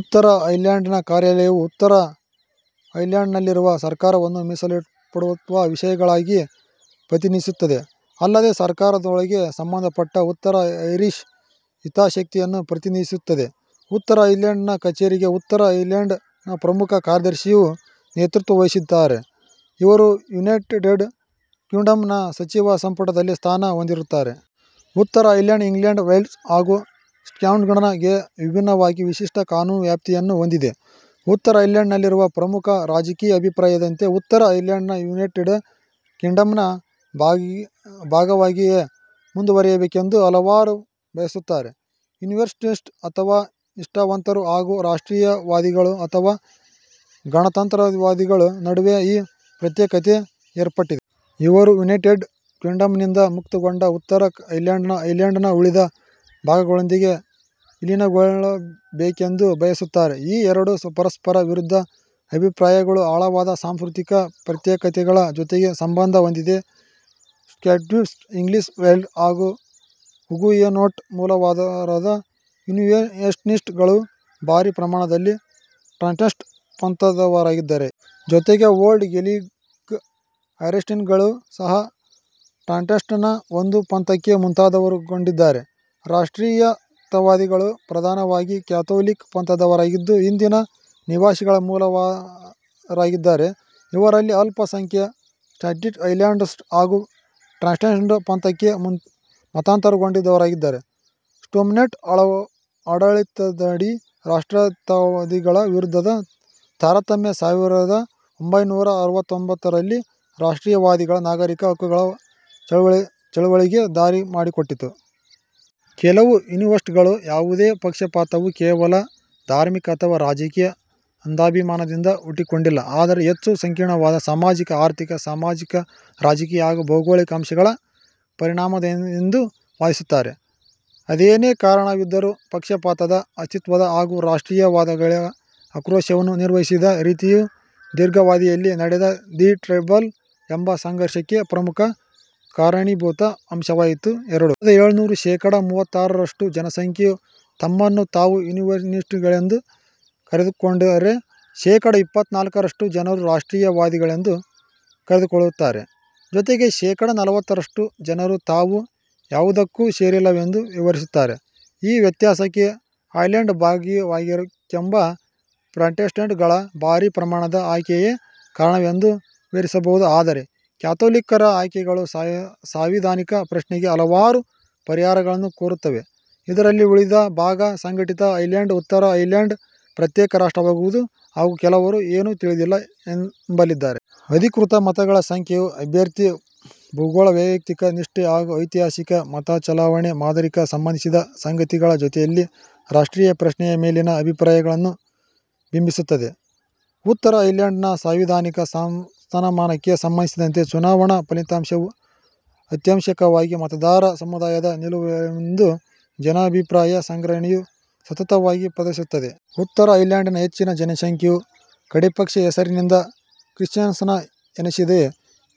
ಉತ್ತರ ಐರ್ಲೆಂಡ್ ನ ಕಾರ್ಯಾಲಯವು ಉತ್ತರ ಐರ್ಲೆಂಡ್ ನಲ್ಲಿರುವ ಸರ್ಕಾರವನ್ನು ಮೀಸಲಿಡಲ್ಪಟ್ಟ ವಿಷಯಗಳಿಗಾಗಿ ಪ್ರತಿನಿಧಿಸುತ್ತದೆ. ಅಲ್ಲದೇ ಸರಕಾರದೊಳಗೆ ಸಂಬಂಧಪಟ್ಟ ಉತ್ತರ ಐರಿಶ್ ಹಿತಾಸಕ್ತಿಯನ್ನು ಪ್ರತಿನಿಧಿಸುತ್ತದೆ. ಉತ್ತರ ಐರ್ಲೆಂಡ್ ನ ಕಛೇರಿಗೆ ಉತ್ತರ ಐರ್ಲೆಂಡ್ ನ ಪ್ರಮುಖ ಕಾರ್ಯದರ್ಶಿಯು ನೇತೃತ್ವ ವಹಿಸುತ್ತಾರೆ, ಇವರು ಯುನೈಟೆಡ್ ಕಿಂಗ್ಡಮ್ ನ ಸಚಿವ ಸಂಪುಟದಲ್ಲಿ ಸ್ಥಾನ ಹೊಂದಿರುತ್ತಾರೆ. ಉತ್ತರ ಐರ್ಲೆಂಡ್, ಇಂಗ್ಲೆಂಡ್, ವೇಲ್ಸ್ ಹಾಗು ಸ್ಕಾಟ್ಲ್ಯಾಂಡ್ ಗೆ ವಿಭಿನ್ನವಾಗಿ ವಿಶಿಷ್ಟ ಕಾನೂನು ವ್ಯಾಪ್ತಿಯನ್ನು ಹೊಂದಿದೆ. ಉತ್ತರ ಐರ್ಲೆಂಡ್ ನಲ್ಲಿರುವ ಪ್ರಮುಖ ರಾಜಕೀಯ ಅಭಿಪ್ರಾಯದಂತೆ, ಉತ್ತರ ಐರ್ಲೆಂಡ್, ಯುನೈಟೆಡ್ ಕಿಂಗ್ಡಮ್ ನ ಭಾಗವಾಗಿಯೇ ಮುಂದುವರೆಯಬೇಕೆಂದು ಹಲವರು ಬಯಸುತ್ತಾರೆ. ಯೂನಿಯನಿಸ್ಟ್ ಅಥವಾ ನಿಷ್ಟಾವಂತರು ಹಾಗು ರಾಷ್ಟ್ರೀಯತಾವಾದಿಗಳು ಅಥವಾ ಗಣತಂತ್ರವಾದಿಗಳ ನಡುವೆ ಈ ಪ್ರತ್ಯೇಕತೆ ಏರ್ಪಟ್ಟಿದೆ. ಇವರು ಯುನೈಟೆಡ್ ಕಿಂಗ್ಡಮ್ ನಿಂದ ಮುಕ್ತಗೊಂಡ ಉತ್ತರ ಐರ್ಲೆಂಡ್, ಐರ್ಲೆಂಡ್ ನ ಉಳಿದ ಭಾಗಗಳೊಂದಿಗೆ ವಿಲೀನಗೊಳ್ಳಬೇಕೆಂದು ಬಯಸುತ್ತಾರೆ. ಈ ಎರಡು ಪರಸ್ಪರ ವಿರುದ್ಧ ಅಭಿಪ್ರಾಯಗಳು ಆಳವಾದ ಸಾಂಸ್ಕೃತಿಕ ಪ್ರತ್ಯೇಕತೆಗಳ ಜೊತೆಗೆ ಸಂಬಂಧ ಹೊಂದಿದೆ. ಸ್ಕಾಟಿಷ್, ಇಂಗ್ಲಿಷ್, ವೆಲ್ಷ್ ಹಾಗು ಹುಗುಯೇನೋಟ್ ಮೂಲದವರಾದ ಯೂನಿಯನಿಸ್ಟ್ ಗಳು ಭಾರಿ ಪ್ರಮಾಣದಲ್ಲಿ ಪ್ರಾಟೆಸ್ಟೆಂಟ್ ಪಂಥದವರಾಗಿದ್ದಾರೆ. ಜೊತೆಗೆ ಓಲ್ಡ್ ಗೇಲಿಕ್ ಐರಿಷ್ಮೆನ್ ಗಳೂ ಸಹ ಪ್ರಾಟೆಸ್ಟೆಂಟ್ ನ ಒಂದು ಪಂಥಕ್ಕೆ ಮತಾಂತರಗೊಂಡಿದ್ದಾರೆ. ರಾಷ್ಟ್ರೀಯತಾವಾದಿಗಳು ಪ್ರಧಾನವಾಗಿ ಕ್ಯಾಥೊಲಿಕ್ ಪಂಥದವರಾಗಿದ್ದು, ಹಿಂದಿನ ನಿವಾಸಿಗಳ ಮೂಲದವರಾಗಿದ್ದಾರೆ. ಇವರಲ್ಲಿ ಅಲ್ಪ ಸಂಖ್ಯೆಯ ಸ್ಕಾಟಿಷ್ ಹೈಲ್ಯಾಂಡರ್ಸ್ ಹಾಗು ಪ್ರಾಟೆಸ್ಟೆಂಟ್ ಪಂಥಕ್ಕೆ ಮತಾಂತರಗೊಂಡವರಾಗಿದ್ದಾರೆ. ಸ್ಟೋರ್ಮೊಂಟ್ ಆಡಳಿತದಡಿ ರಾಷ್ಟ್ರೀಯತಾವಾದಿಗಳ ವಿರುದ್ಧದ ತಾರತಮ್ಯ, ಸಾವಿರದ ಒಂಭೈನೂರ ಅರವತ್ತರಲ್ಲಿ ರಾಷ್ಟ್ರೀಯತಾವಾದಿ ನಾಗರೀಕ ಹಕ್ಕುಗಳ ಚಳವಳಿಗೆ ದಾರಿಮಾಡಿಕೊಟ್ಟಿತು. ಕೆಲವು ಯೂನಿಯನಿಸ್ಟ್ ಗಳು, ಯಾವುದೇ ಪಕ್ಷಪಾತವು ಕೇವಲ ಧಾರ್ಮಿಕ ಅಥವಾ ರಾಜಕೀಯ ಅಂಧಾಭಿಮಾನದಿಂದ ಹುಟ್ಟಿಕೊಂಡಿಲ್ಲ. ಆದರೆ ಹೆಚ್ಚು ಸಂಕೀರ್ಣವಾದ ಸಾಮಾಜಿಕ-ಆರ್ಥಿಕ, ಸಾಮಾಜಿಕ-ರಾಜಕೀಯ ಹಾಗು ಭೌಗೋಳಿಕ ಅಂಶಗಳ ಪರಿಣಾಮವಾಗಿದೆಯೆಂದು ವಾದಿಸುತ್ತಾರೆ. ಅದೇನೇ ಕಾರಣವಿದ್ದರೂ, ಪಕ್ಷಪಾತದ ಅಸ್ತಿತ್ವ, ಹಾಗು ರಾಷ್ಟ್ರೀಯತಾವಾದಿಗಳ ಆಕ್ರೋಶವನ್ನು ನಿರ್ವಹಿಸಿದ ರೀತಿಯು ದೀರ್ಘಾವಧಿಯಲ್ಲಿ ನಡೆದ ದಿ ಟ್ರಬಲ್ಸ್ ಎಂಬ ಸಂಘರ್ಷಕ್ಕೆ ಪ್ರಮುಖ ಕಾರಣೀಭೂತ ಅಂಶವಾಯಿತು. ಎರಡು ಸಾವಿರದ ಏಳರಂತೆ, ಶೇಖಡ ಮೂವತ್ತಾರರಷ್ಟು ಜನಸಂಖ್ಯೆಯು ತಮ್ಮನ್ನು ತಾವು ಯೂನಿಯನಿಸ್ಟ್ ಗಳೆಂದು ಕರೆದುಕೊಂಡರೆ, ಶೇಖಡ ಇಪ್ಪತ್ನಾಲ್ಕರಷ್ಟು ಜನರು ರಾಷ್ಟ್ರೀಯತಾವಾದಿಗಳೆಂದು ಕರೆದುಕೊಳ್ಳುತ್ತಾರೆ. ಜೊತೆಗೆ ಶೇಖಡ ನಲವತ್ತರಷ್ಟು ಜನರು ತಾವು ಯಾವುದಕ್ಕೂ ಸೇರಿಲ್ಲವೆಂದು ವಿವರಿಸುತ್ತಾರೆ. ಈ ವ್ಯತ್ಯಾಸಕ್ಕೆ, ಐರ್ಲೆಂಡ್ ಭಾಗವಾಗಿರಬೇಕೆಂಬ ಪ್ರಾಟೆಸ್ಟೆಂಟ್ ಗಳ ಭಾರಿ ಪ್ರಮಾಣದ ಆಯ್ಕೆಯೇ ಕಾರಣವೆಂದು ವಿವರಿಸಬಹುದು, ಆದರೆ ಕ್ಯಾಥೋಲಿಕ್ಕರ ಆಯ್ಕೆಗಳು ಸಾಂವಿಧಾನಿಕ ಪ್ರಶ್ನೆಗೆ ಹಲವಾರು ಪರಿಹಾರಗಳನ್ನು ಕೋರುತ್ತವೆ, ಇದರಲ್ಲಿ ಉಳಿದ ಭಾಗ, ಸಂಘಟಿತ ಐರ್ಲೆಂಡ್, ಉತ್ತರ ಐರ್ಲೆಂಡ್ ಪ್ರತ್ಯೇಕ ರಾಷ್ಟ್ರವಾಗುವುದು ಹಾಗು ಕೆಲವರು ಏನೂ "ತಿಳಿದಿಲ್ಲ"ಎಂಬಲ್ಲಿದ್ದಾರೆ. ಅಧಿಕೃತ ಮತಗಳ ಸಂಖ್ಯೆಯು, ಅಭ್ಯರ್ಥಿ, ಭೂಗೋಳ, ವೈಯಕ್ತಿಕ ನಿಷ್ಠೆ ಹಾಗು ಐತಿಹಾಸಿಕ ಮತಚಲಾವಣೆ ಮಾದರಿಗೆ ಸಂಬಂಧಿಸಿದ ಸಂಗತಿಗಳ ಜೊತೆಯಲ್ಲಿ "ರಾಷ್ಟ್ರೀಯ ಪ್ರಶ್ನೆ"ಯ ಮೇಲಿನ ಅಭಿಪ್ರಾಯಗಳನ್ನು ಬಿಂಬಿಸುತ್ತದೆ. ಉತ್ತರ ಐರ್ಲೆಂಡ್ ನ ಸಾಂವಿಧಾನಿಕ ಸ್ಥಾನಮಾನಕ್ಕೆ ಸಂಬಂಧಿಸಿದಂತೆ ಚುನಾವಣಾ ಫಲಿತಾಂಶವು ಅತ್ಯವಶ್ಯವಾಗಿ ಮತದಾರ ಸಮುದಾಯದ ನಿಲುವಲ್ಲವೆಂದು ಜನಾಭಿಪ್ರಾಯ ಸಂಗ್ರಹಣೆಯು ಸತತವಾಗಿ ಪ್ರದರ್ಶಿಸುತ್ತಿದೆ. ಉತ್ತರ ಐರ್ಲೆಂಡ್ ನ ಹೆಚ್ಚಿನ ಜನಸಂಖ್ಯೆಯು ಕಡೆಪಕ್ಷ ಹೆಸರಿನಿಂದ ಕ್ರಿಶ್ಚಿಯನ್ ಎನಿಸಿದೆ.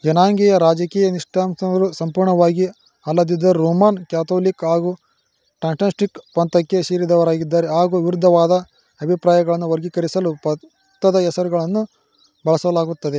ಜನಾಂಗೀಯ-ರಾಜಕೀಯ ನಿಷ್ಠಾವಂತರು ಸಂಪೂರ್ಣವಾಗಿ ಅಲ್ಲದಿದ್ದರೂ ರೋಮನ್ ಕ್ಯಾಥೊಲಿಕ್ ಹಾಗು ಪ್ರಾಟೆಸ್ಟೆಂಟ್ ಪಂಥಕ್ಕೆ ಸೇರಿದವರಾಗಿದ್ದಾರೆ ಹಾಗು ವಿರುದ್ಧವಾದ ಅಭಿಪ್ರಾಯಗಳನ್ನು ವರ್ಗೀಕರಿಸಲು ಪಂಥದ ಹೆಸರುಗಳನ್ನೂ ಬಳಸಲಾಗುತ್ತದೆ.